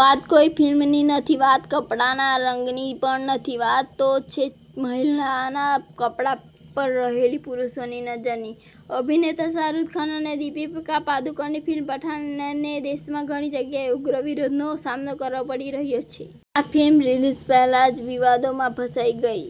વાત કોઈ ફિલ્મની નથી વાત કપડાના રંગની પણ નથી, વાત તો છે મહિલાના કપડા પર રહેલી પુરુષોની નજરની. અભિનેતા શાહરૂખ ખાન અને દીપિકા પાદુકોણની ફિલ્મ પઠાણને દેશમાં ઘણી જગ્યાએ ઉગ્ર વિરોધનો સામનો કરવો પડી રહ્યો છે. આ ફિલ્મ રિલીઝ પહેલા જ વિવાદોમાં ફસાઈ ગઈ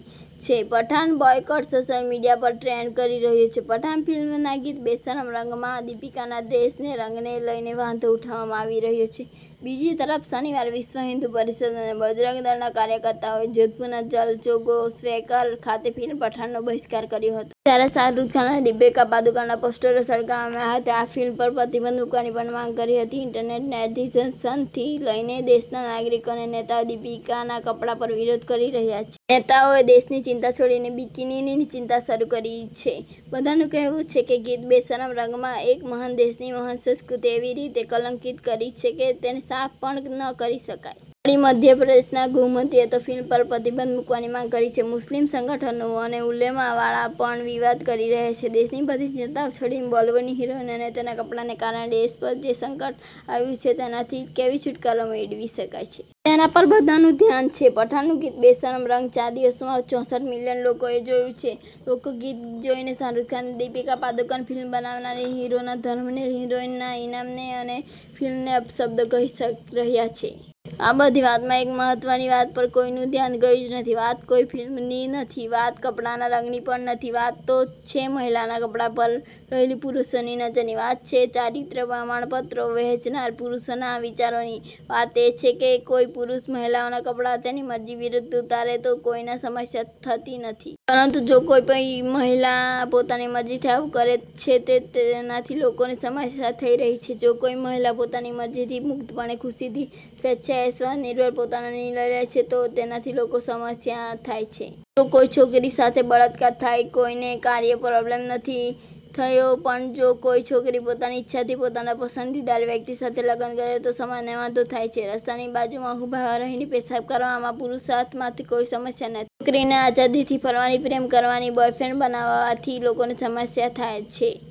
છે. 'પઠાણ બોયકોટ' સોશિયલ મીડિયા પર ટ્રેન્ડ કરી રહ્યો છે. પઠાણ ફિલ્મના ગીત 'બેશરમ રંગ'માં દીપિકાના ડ્રેસના રંગને લઈને વાંધો ઉઠાવવામાં આવી રહ્યો છે. બીજી તરફ શનિવારે વિશ્વ હિન્દુ પરિષદ અને બજરંગ દળના કાર્યકર્તાઓએ જોધપુરના જલજોગ સ્ક્વેર ખાતે ફિલ્મ પઠાણનો બહિષ્કાર કર્યો હતો. જ્યારે શાહરૂખ ખાન અને દીપિકા પાદુકોણના પોસ્ટરો સળગાવવામાં આવ્યા હતા. આ ફિલ્મ પર પ્રતિબંધ મૂકવાની પણ માંગ કરી હતી. ઈન્ટરનેટના નેટીઝન્સથી લઈને દેશના નાગરિકો અને નેતાઓ દીપિકાના કપડા પર વિરોધ કરી રહ્યા છે. નેતાઓએ દેશની ચિંતા છોડીને બિકિનીની ચિંતા શરૂ કરી છે. બધાનું કહેવું છે કે, ગીત 'બેશરમ રંગ'માં એક મહાન દેશની મહાન સંસ્કૃતિ એવી રીતે કલંકીત કરી છે કે તેને સાફ પણ ન કરી શકાય. વળી મધ્યપ્રદેશના ગૃહમંત્રીએ તો ફિલ્મ પર પ્રતિબંધ મૂકવાની માગ કરી છે. મુસ્લિમ સંગઠનો અને ઉલેમા વાળા પણ વિવાદ કરી રહ્યા છે. દેશની બધી ચિંતાઓ છોડીને બોલિવૂડની હિરોઈન અને તેના કપડાને કારણે દેશ પર જે સંકટ આવ્યું છે તેનાથી કેવી છુટકારો મેળવી શકાય? તેના પર બધાનું ધ્યાન છે. પઠાણનું ગીત 'બેશરમ રંગ' ચાર દિવસમાં ચોસઠ મિલિયન લોકોએ જોયું છે. લોકો ગીત જોઇને શાહરૂખ ખાનને, દીપિકા પદુકોણને, ફિલ્મ બનાવનારને, હિરોના ધર્મને, હિરોઈનના ઈમાનને અને ફિલ્મને અપશબ્દો કહી રહ્યા છે. આ બધી વાતમાં એક મહત્વની વાત પર કોઈનું ધ્યાન ગ્યુજ નહી. વાત કોઈ ફિલ્મની નથી. વાત કપડાના રંગની પણ નથી વાત તો છે મહિલાના કપડાં પર રહેલી પુરુષોની નજરની. વાત છે ચારિત્ર્ય પ્રમાણપત્રો વહેંચનારા પુરુષોના વિચારોની વાત એ છે કે જો કોઈ પુરુષ મહિલાઓના કપડા તેની મરજી વિરુધ ઉતારે તો કોઈને સમસ્યા થતી નથી. પરંતુ જો કોઈ મહિલા પોતાની મરજીથી આવું કરે છે તેનાથી લોકોને સમસ્યા થઇ છે. જો કોઈ મહિલા પોતાની મરજીથી, મુક્તપણે, ખુશીથી, સ્વેચ્છાએ, સ્વ-નિર્ભર, પોતાનો નિર્ણય લે છે તો તેનાથી લોકોને સમસ્યા થાય છે. જો કોઈ છોકરી સાથે બળાત્કાર થાય ,કોઈને કાય પ્રોબ્લેમ નથી થયો પણ જો કોઈ છોકરી પોતાની ઈચ્છાથી પોતાના પસંદીદાર વ્યક્તિ સાથે લગ્ન કરે તો સમાજને વાંધો થાય છે. રસ્તાની બાજુમાં ઉભા રહીને પેશાબ કરવામાં પુરૂષાર્થમાં કોઈ સમસ્યા નથી. છોકરીની આઝાદીથી ફરવાની, પ્રેમ કરવાની, બોયફ્રેન્ડ બનાવવાથી લોકોને સમસ્યા છે.